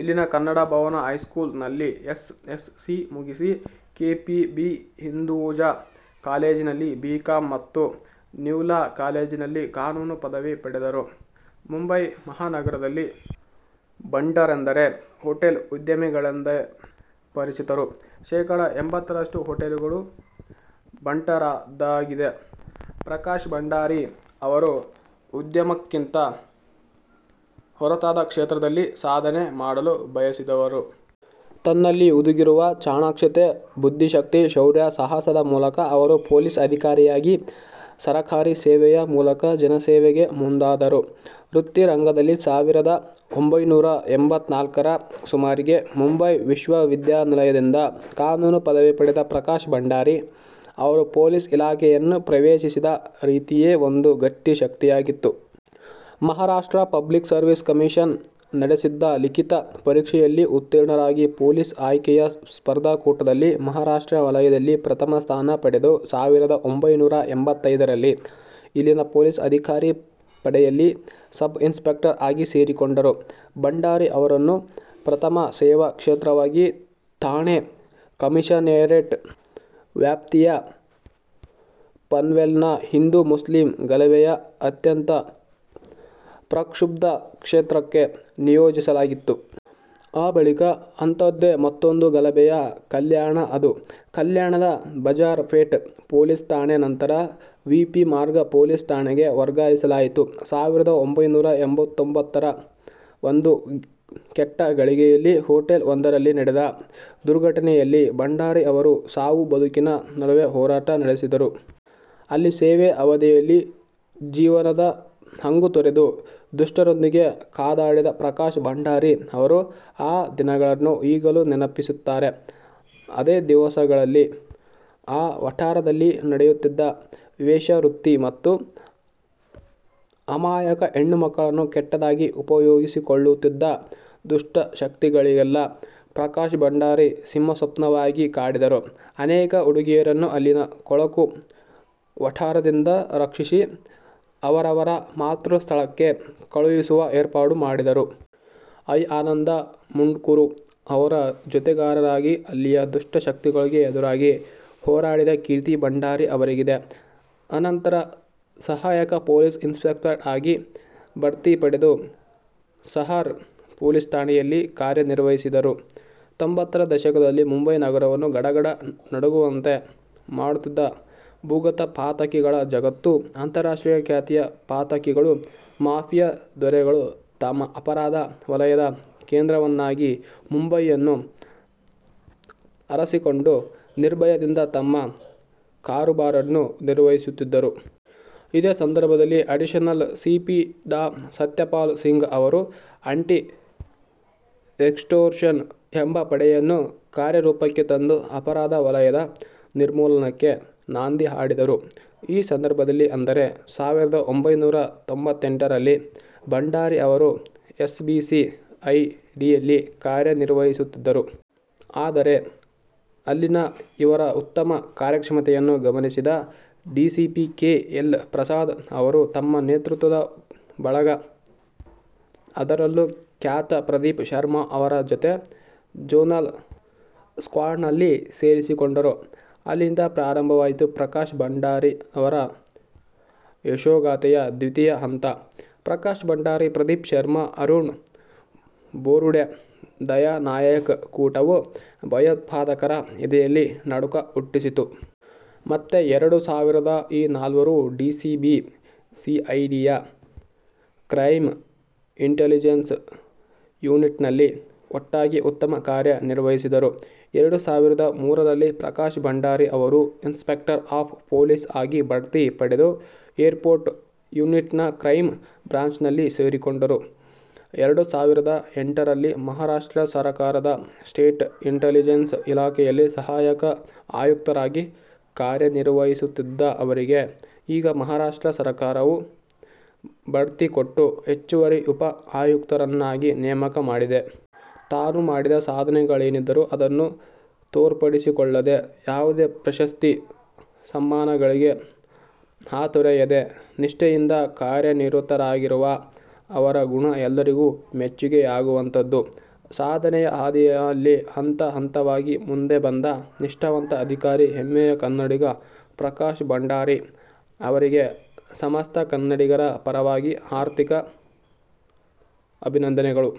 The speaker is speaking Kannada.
ಇಲ್ಲಿನ ಕನ್ನಡ ಭವನ ಹೈಸ್ಕೂಲ್ ನಲ್ಲಿ ಎಸ್. ಎಸ್. ಸಿ. ಮುಗಿಸಿ, ಕೆ. ಪಿ. ಬಿ. ಹಿಂದುಜಾ ಕಾಲೇಜಿನಲ್ಲಿ ಬಿ. ಕಾಂ. ಮತ್ತು ನ್ಯೂ ಲಾ ಕಾಲೇಜಿನಲ್ಲಿ ಕಾನೂನು ಪದವಿ ಪಡೆದರು. ಮುಂಬಯಿ ಮಹಾನಗರದಲ್ಲಿ ಬಂಟರೆಂದರೆ ಹೊಟೇಲ್ ಉದ್ಯಮಿಗಳೆಂದೇ ಪರಿಚಿತರು. ಶೇಖಡ. ಎಂಬತ್ತರಷ್ಟು ಹೊಟೇಲುಗಳು ಬಂಟರದ್ದಾಗಿದೆ. ಪ್ರಕಾಶ್ ಭಂಡಾರಿ ಅವರು ಉದ್ಯಮಕ್ಕಿಂತ ಹೊರತಾದ ಕ್ಷೇತ್ರದಲ್ಲಿ ಸಾಧನೆ ಮಾಡಲು ಬಯಸಿದವರು. ತನ್ನಲ್ಲಿ ಹುದುಗಿರುವ ಚಾಣಾಕ್ಷತೆ, ಬುದ್ಧಿಶಕ್ತಿ, ಶೌರ್ಯ, ಸಾಹಸದ ಮೂಲಕ ಅವರು ಪೊಲೀಸ್ ಅಧಿಕಾರಿಯಾಗಿ ಸರಕಾರಿ ಸೇವೆಯ ಮೂಲಕ ಜನಸೇವೆಗೆ ಮುಂದಾದರು. ವೃತ್ತಿ ರಂಗದಲ್ಲಿ ಸಾವಿರದ ಒಂಭೈನೂರ ಎಂಬತ್ನಾಲ್ಕರ ಸುಮಾರಿಗೆ ಮುಂಬಯಿ ವಿಶ್ವವಿದ್ಯಾನಿಲಯದಿಂದ ಕಾನೂನು ಪದವಿ ಪಡೆದ ಪ್ರಕಾಶ್ ಭಂಡಾರಿ ಅವರು ಪೊಲೀಸ್ ಇಲಾಖೆಯನ್ನು ಪ್ರವೇಶಿಸಿದ ರೀತಿಯೇ ಒಂದು ಗಟ್ಟಿ ಶಕ್ತಿಯಾಗಿತ್ತು. ಮಹಾರಾಷ್ಟ್ರ ಪಬ್ಲಿಕ್ ಸರ್ವಿಸ್ ಕಮಿಷನ್ ನಡೆಸಿದ್ದ ಲಿಖಿತ ಪರೀಕ್ಷೆಯಲ್ಲಿ ಉತ್ತೀರ್ಣರಾಗಿ ಪೊಲೀಸ್ ಆಯ್ಕೆಯ ಸ್ಪರ್ಧಾಕೂಟದಲ್ಲಿ ಮಹಾರಾಷ್ಟ್ರ ವಲಯದಲ್ಲಿ ಪ್ರಥಮ ಸ್ಥಾನ ಪಡೆದು ಸಾವಿರದ ಒಂಭೈನೂರ ಎಂಬತ್ತೈದರಲ್ಲಿ ಇಲ್ಲಿನ ಪೊಲೀಸ್ ಅಧಿಕಾರಿ ಪಡೆಯಲ್ಲಿ ಸಬ್ ಇನ್ಸ್ಪೆಕ್ಟರ್ ಆಗಿ ಸೇರಿಕೊಂಡರು. ಭಂಡಾರಿ ಅವರನ್ನು ಪ್ರಥಮ ಸೇವಾ ಕ್ಷೇತ್ರವಾಗಿ ಥಾಣೆ ಕಮಿಷನರೇಟ್ ವ್ಯಾಪ್ತಿಯ ಪನ್ವೇಲ್ನ ಹಿಂದೂ ಮುಸ್ಲಿಂ ಗಲಭೆಯ ಅತ್ಯಂತ ಪ್ರಕ್ಷುಬ್ಧ ಕ್ಷೇತ್ರಕ್ಕೆ ನಿಯೋಜಿಸಲಾಗಿತ್ತು. ಆ ಬಳಿಕ ಅಂಥದ್ದೇ ಮತ್ತೊಂದು ಗಲಭೆಯ ಕಲ್ಯಾಣ ಅದು ಕಲ್ಯಾಣದ ಬಜಾರ್ ಪೇಟ್ ಪೊಲೀಸ್ ಠಾಣೆ. ನಂತರ ವಿ. ಪಿ. ಮಾರ್ಗ ಪೊಲೀಸ್ ಠಾಣೆಗೆ ವರ್ಗಾಯಿಸಲಾಯಿತು. ಸಾವಿರದ ಒಂಭೈನೂರ ಎಂಬತ್ತೊಂಬತ್ತರ ಒಂದು ಕೆಟ್ಟ ಘಳಿಗೆಯಲ್ಲಿ ಹೊಟೇಲ್ ಒಂದರಲ್ಲಿ ನಡೆದ ದುರ್ಘಟನೆಯಲ್ಲಿ ಭಂಡಾರಿ ಅವರು ಸಾವು-ಬದುಕಿನ ನಡುವೆ ಹೋರಾಟ ನಡೆಸಿದರು. ಅಲ್ಲಿ ಸೇವಾ ಅವಧಿಯಲ್ಲಿ ಜೀವನದ ಹಂಗು ತೊರೆದು ದುಷ್ಟರೊಂದಿಗೆ ಕಾದಾಡಿದ ಪ್ರಕಾಶ್ ಭಂಡಾರಿ ಅವರು ಆ ದಿನಗಳನ್ನು ಈಗಲೂ ನೆನಪಿಸುತ್ತಾರೆ. ಅದೇ ದಿವಸಗಳಲ್ಲಿ ಆ ವಠಾರದಲ್ಲಿ ನಡೆಯುತ್ತಿದ್ದ ವೇಶ್ಯಾವೃತ್ತಿ ಮತ್ತು ಅಮಾಯಕ ಹೆಣ್ಣುಮಕ್ಕಳನ್ನು ಕೆಟ್ಟದಾಗಿ ಉಪಯೋಗಿಸಿಕೊಳ್ಳುತ್ತಿದ್ದ ದುಷ್ಟ ಶಕ್ತಿಗಳಿಗೆಲ್ಲ ಪ್ರಕಾಶ್ ಭಂಡಾರಿ ಸಿಂಹಸ್ವಪ್ನವಾಗಿ ಕಾಡಿದರು. ಅನೇಕ ಹುಡುಗಿಯರನ್ನು ಅಲ್ಲಿನ ಕೊಳಕು ವಠಾರದಿಂದ ರಕ್ಷಿಸಿ ಅವರವರ ಮಾತೃ ಸ್ಥಳಕ್ಕೆ ಕಳುಹಿಸುವ ಏರ್ಪಾಡು ಮಾಡಿದರು. ಐ. ಆನಂದ ಮುಂಡ್ಕೂರು ಅವರ ಜತೆಗಾರರಾಗಿ ಅಲ್ಲಿಯ ದುಷ್ಟ ಶಕ್ತಿಗಳಿಗೆ ಎದುರಾಗಿ ಹೋರಾಡಿದ ಕೀರ್ತಿ ಭಂಡಾರಿ ಅವರಿಗಿದೆ. ಅನಂತರ ಸಹಾಯಕ ಪೊಲೀಸ್ ಇನ್ಸ್ಪೆಕ್ಟರ್ ಆಗಿ ಬಡ್ತಿ ಪಡೆದು ಸಹಾರ್ ಪೊಲೀಸ್ ಠಾಣೆಯಲ್ಲಿ ಕಾರ್ಯನಿರ್ವಹಿಸಿದರು. ತೊಂಬತ್ತರ ದಶಕದಲ್ಲಿ ಮುಂಬಯಿ ನಗರವನ್ನು ಗಡ ಗಡ ನಡುಗುವಂತೆ ಮಾಡುತ್ತಿದ್ದ ಭೂಗತ ಪಾತಕಿಗಳ ಜಗತ್ತು, ಅಂತರ್ರಾಷ್ಟ್ರೀಯ ಖ್ಯಾತಿಯ ಪಾತಕಿಗಳು, ಮಾಫಿಯಾ ದೊರೆಗಳು ತಮ್ಮ ಅಪರಾಧ ವಲಯದ ಕೇಂದ್ರವನ್ನಾಗಿ ಮುಂಬಯಿಯನ್ನು ಅರಸಿಕೊಂಡು ನಿರ್ಭಯದಿಂದ ತಮ್ಮ ಕಾರುಬಾರನ್ನು ನಿರ್ವಹಿಸುತ್ತಿದ್ದರು. ಇದೇ ಸಂದರ್ಭದಲ್ಲಿ additional C. P. Dr. Satyapal Singh ಅವರು ಆಂಟಿ ಎಕ್ಸ್ಟೋರ್ಷನ್ ಎಂಬ ಪಡೆಯನ್ನು ಕಾರ್ಯರೂಪಕ್ಕೆ ತಂದು ಅಪರಾಧ ವಲಯದ ನಿರ್ಮೂಲನಕ್ಕೆ ನಾಂದಿ ಹಾಡಿದರು. ಈ ಸಂದರ್ಭದಲ್ಲಿ ಅಂದರೆ, ಸಾವಿರದ ಒಂಭೈನೂರ ತೊಂಬತ್ತೆಂಟರಲ್ಲಿ ಭಂಡಾರಿ ಅವರು ಎಸ್ ಬಿ ಸಿ ಐ ಡಿಯಲ್ಲಿ ಕಾರ್ಯನಿರ್ವಹಿಸುತ್ತಿದ್ದರು. ಆದರೆ, ಅಲ್ಲಿನ ಇವರ ಉತ್ತಮ ಕಾರ್ಯಕ್ಷಮತೆಯನ್ನು ಗಮನಿಸಿದ ಡಿಸಿಪಿ ಕೆ. ಎಲ್. ಪ್ರಸಾದ್ ಅವರು ತಮ್ಮ ನೇತೃತ್ವದ ಬಳಗ, ಅದರಲ್ಲೂ ಖ್ಯಾತ ಪ್ರದೀಪ್ ಶರ್ಮಾ ಅವರ ಜತೆ ಜೋನಲ್ ಸ್ಕ್ವಾಡ್ನಲ್ಲಿ ಸೇರಿಸಿಕೊಂಡರು. ಅಲ್ಲಿಂದ ಪ್ರಾರಂಭವಾಯಿತು – ಪ್ರಕಾಶ್ ಭಂಡಾರಿ ಅವರ ಯಶೋಗಾಥೆಯ ದ್ವಿತೀಯ ಹಂತ. ಪ್ರಕಾಶ್ ಭಂಡಾರಿ, ಪ್ರದೀಪ್ ಶರ್ಮಾ, ಅರುಣ್ ಬೋರುಡೆ, ದಯಾ ನಾಯಕ್ ಕೂಟವು ಭಯೋತ್ಪಾದಕರ ಎದೆಯಲ್ಲಿ ನಡುಕ ಹುಟ್ಟಿಸಿತು. ಮತ್ತೆ ಎರಡು ಸಾವಿರದಲ್ಲಿ ಈ ನಾಲ್ವರು ಡಿಸಿಬಿ ಸಿಐಡಿಯ ಕ್ರೈಂ ಇಂಟಲಿಜೆನ್ಸ್ ಯೂನಿಟ್ನಲ್ಲಿ ಒಟ್ಟಾಗಿ ಉತ್ತಮ ಕಾರ್ಯ ನಿರ್ವಹಿಸಿದರು. ಎರಡು ಸಾವಿರದ ಮೂರರಲ್ಲಿ ಪ್ರಕಾಶ್ ಭಂಡಾರಿ ಅವರು ಇನ್ಸ್ಪೆಕ್ಟರ್ ಆಫ್ ಪೊಲೀಸ್ ಆಗಿ ಬಡ್ತಿ ಪಡೆದು ಏರ್ಪೋರ್ಟ್ ಯೂನಿಟ್ನ ಕ್ರೈಂ ಬ್ರ್ಯಾಂಚ್ನಲ್ಲಿ ಸೇರಿಕೊಂಡರು. ಎರಡು ಸಾವಿರದ ಎಂಟರಿಂದ ಮಹಾರಾಷ್ಟ್ರ ಸರಕಾರದ ಸ್ಟೇಟ್ ಇಂಟಲಿಜೆನ್ಸ್ ಇಲಾಖೆಯಲ್ಲಿ ಸಹಾಯಕ ಆಯುಕ್ತರಾಗಿ ಕಾರ್ಯನಿರ್ವಹಿಸುತ್ತಿದ್ದ ಅವರಿಗೆ ಈಗ ಮಹಾರಾಷ್ಟ್ರ ಸರಕಾರವು ಬಡ್ತಿ ಕೊಟ್ಟು ಹೆಚ್ಚುವರಿ ಉಪ ಆಯುಕ್ತರನ್ನಾಗಿ ನೇಮಕ ಮಾಡಿದೆ. ತಾನು ಮಾಡಿದ ಸಾಧನೆಗಳೇನಿದ್ದರೂ ಅದನ್ನು ತೋರ್ಪಡಿಸಿಕೊಳ್ಳದೆ, ಯಾವುದೇ ಪ್ರಶಸ್ತಿ, ಸಮ್ಮಾನಗಳಿಗೆ ಹಾತೊರೆಯದೆ, ನಿಷ್ಠೆಯಿಂದ ಕಾರ್ಯನಿರತರಾಗಿರುವ ಅವರ ಗುಣ ಎಲ್ಲರಿಗೂ ಮೆಚ್ಚುಗೆಯಾಗುವಂಥದ್ದು. ಸಾಧನೆಯ ಹಾದಿಯಲ್ಲಿ ಹಂತ-ಹಂತವಾಗಿ ಮುಂದೆ ಬಂದ ನಿಷ್ಠಾವಂತ ಅಧಿಕಾರಿ ಹೆಮ್ಮೆಯ ಕನ್ನಡಿಗ ಪ್ರಕಾಶ್ ಭಂಡಾರಿ ಅವರಿಗೆ ಸಮಸ್ತ ಕನ್ನಡಿಗರ ಪರವಾಗಿ ಹಾರ್ದಿಕ ಅಭಿನಂದನೆಗಳು.